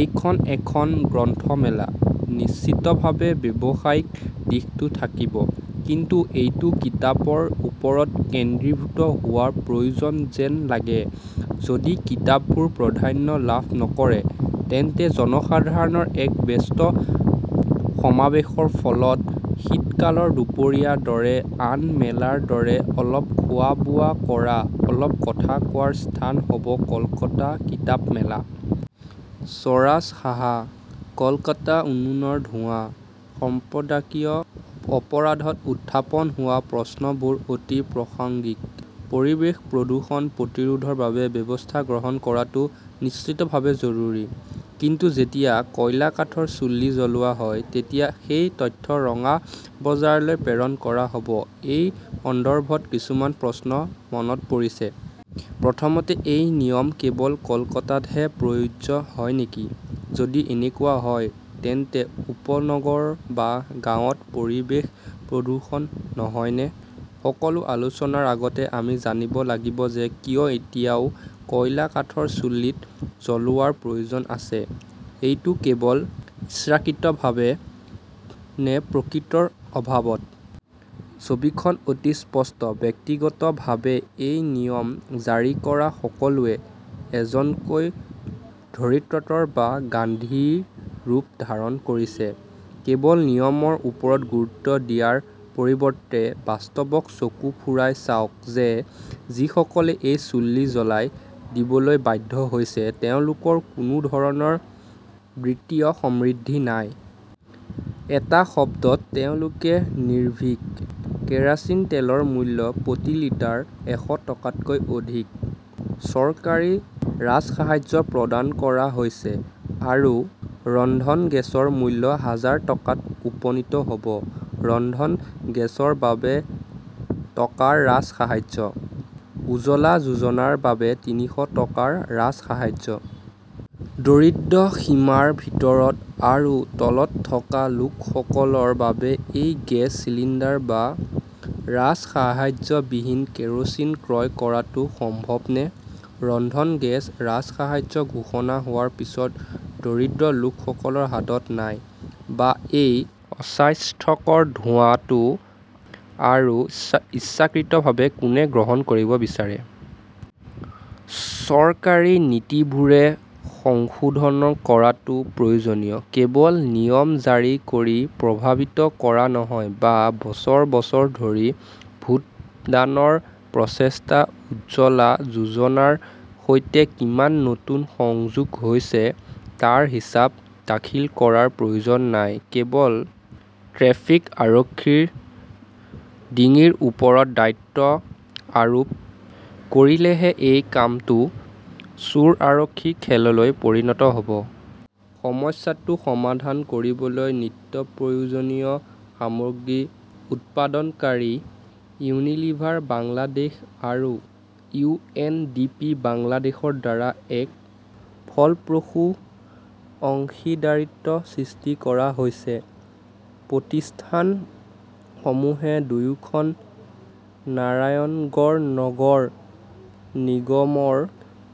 এইখন এখন গ্ৰন্থ মেলা। নিশ্চিতভাৱে ব্যৱসায়িক দিশটো থাকিব। কিন্তু এইটো কিতাপৰ ওপৰত কেন্দ্ৰীভূত হোৱাৰ প্ৰয়োজন যেন লাগে। যদি কিতাপবোৰে প্ৰাধান্য লাভ নকৰে, তেন্তে জনসাধাৰণৰ এক ব্যস্ত সমাৱেশৰ ফলত শীতকালৰ দুপৰীয়াৰ দৰে আন মেলাৰ দৰে অলপ খোৱা-বোৱা কৰা, অলপ কথা কোৱাৰ স্থান হ 'ব কলকাতা কিতাপ মেলা। স্বৰাজ সাহা, কলকাতা উনুনৰ ধোঁৱা সম্পাদকীয় অপৰাধ' ত উত্থাপন হোৱা প্ৰশ্নবোৰ অতি প্ৰাসংগিক। পৰিৱেশ প্ৰদূষণ প্ৰতিৰোধৰ বাবে ব্যৱস্থা গ্ৰহণ কৰাটো নিশ্চিতভাৱে জৰুৰী। কিন্তু যেতিয়া কয়লা-কাঠৰ চুল্লি জ্বলোৱা হয় তেতিয়া সেই তথ্য ৰঙা বজাৰলৈ প্ৰেৰণ কৰা হ 'ব-এই সন্দৰ্ভত কিছুমান প্ৰশ্ন মনত পৰিছে। প্ৰথমতে, এই নিয়ম কেৱল কলকাতাতহে প্ৰযোজ্য হয় নেকি। যদি এনেকুৱা হয়, তেন্তে উপনগৰ বা গাঁৱত পৰিৱেশ প্ৰদূষণ নহয়নে? সকলো আলোচনাৰ আগতে আমি জানিব লাগিব যে কিয় এতিয়াও কয়লা-কাঠৰ চুল্লিত জ্বলোৱাৰ প্ৰয়োজন আছে। এইটো কেৱল ইচ্ছাকৃতভাৱে, নে প্ৰকৃতৰ অভাৱত। ছবিখন অতি স্পষ্ট। ব্যক্তিগতভাৱে, এই নিয়ম জাৰি কৰা সকলোৱে এজনকৈ ধৰিত্ৰতৰ বা গান্ধাৰী ৰূপ ধাৰণ কৰিছে। কেৱল নিয়মৰ ওপৰত গুৰুত্ব দিয়াৰ পৰিৱৰ্তে, বাস্তৱত চকু ফুৰাই চাওক যে যিসকলে এই চুল্লী জ্বলাই দিবলৈ বাধ্য হৈছে তেওঁলোকৰ কোনো ধৰণৰ বিত্তীয় সমৃদ্ধি নাই। এটা শব্দত, তেওঁলোকে নিৰ্ভীক। কেৰ'চিন তেলৰ মূল্য প্ৰতি লিটাৰত এশ টকাতকৈ অধিক। চৰকাৰী ৰাজসাহায্য প্ৰদান কৰা হৈছে। আৰু ৰন্ধন গেছৰ মূল্য হাজাৰ টকাত উপনীত হ’ব। ৰন্ধন গেছৰ বাবে টকাৰ ৰাজসাহায্য। উজ্জ্বলা যোজনাৰ বাবে তিনিশ টকাৰ ৰাজসাহায্য। দৰিদ্ৰ সীমাৰ ভিতৰত আৰু তলত থকা লোকসকলৰ বাবে এই গেছ চিলিণ্ডাৰ বা ৰাজসাহায্যবিহীন কেৰোচিন ক্ৰয় কৰাটো সম্ভৱনে। ৰন্ধন গেছ ৰাজসাহায্য ঘোষণা হোৱাৰ পিছতো দৰিদ্ৰ লোকসকলৰ হাতত নাই। বা এই অস্বাস্থ্যকৰ ধোঁৱাটো আৰু ইচ্ছাকৃতভাৱে কোনে গ্ৰহণ কৰিব বিচাৰে। চৰকাৰী নীতিবোৰ সংশোধন কৰাটো প্ৰয়োজনীয়, কেৱল নিয়ম জাৰি কৰি প্ৰভাৱিত কৰা নহয়, বা বছৰ বছৰ ধৰি ভোটদানৰ প্ৰচেষ্টাত উজ্জ্বলা যোজনাৰ সৈতে কিমান নতুন সংযোগ হৈছে তাৰ হিচাপ দাখিল কৰাৰ প্ৰয়োজন নাই। কেৱল ট্ৰেফিক আৰক্ষীৰ ডিঙিৰ ওপৰত দায়িত্ব আৰোপ কৰিলেহে এই কামটো চোৰ-আৰক্ষীৰ খেললৈ পৰিণত হ’ব। সমস্যাটো সমাধান কৰিবলৈ নিত্যপ্ৰয়োজনীয় সামগ্ৰী উৎপাদনকাৰী ইউনিলিভাৰ বাংলাদেশ আৰু ইউ. এন. ডি. পি. বাংলাদেশৰ দ্বাৰা এক ফলপ্ৰসূ অংশীদাৰিত্ব সৃষ্টি কৰা হৈছে। প্ৰতিষ্ঠানসমূহে দুয়োখন নাৰায়ণগড় নগৰ নিগমৰ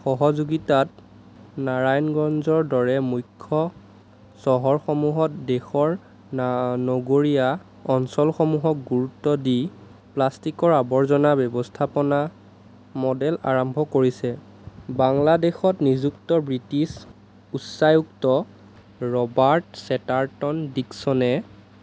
সহযোগিতাত নাৰায়ণগঞ্জৰ দৰে মুখ্য চহৰসমূহত দেশৰ নগৰীয়া অঞ্চলসমূহক গুৰুত্ব দি প্লাষ্টিকৰ আৱৰ্জনা ব্যৱস্থাপনা মডেল আৰম্ভ কৰিছে। বাংলাদেশত নিযুক্ত ব্ৰিটিছ উচ্চায়ুক্ত ৰবাৰ্ট চেটাৰটন ডিকছনে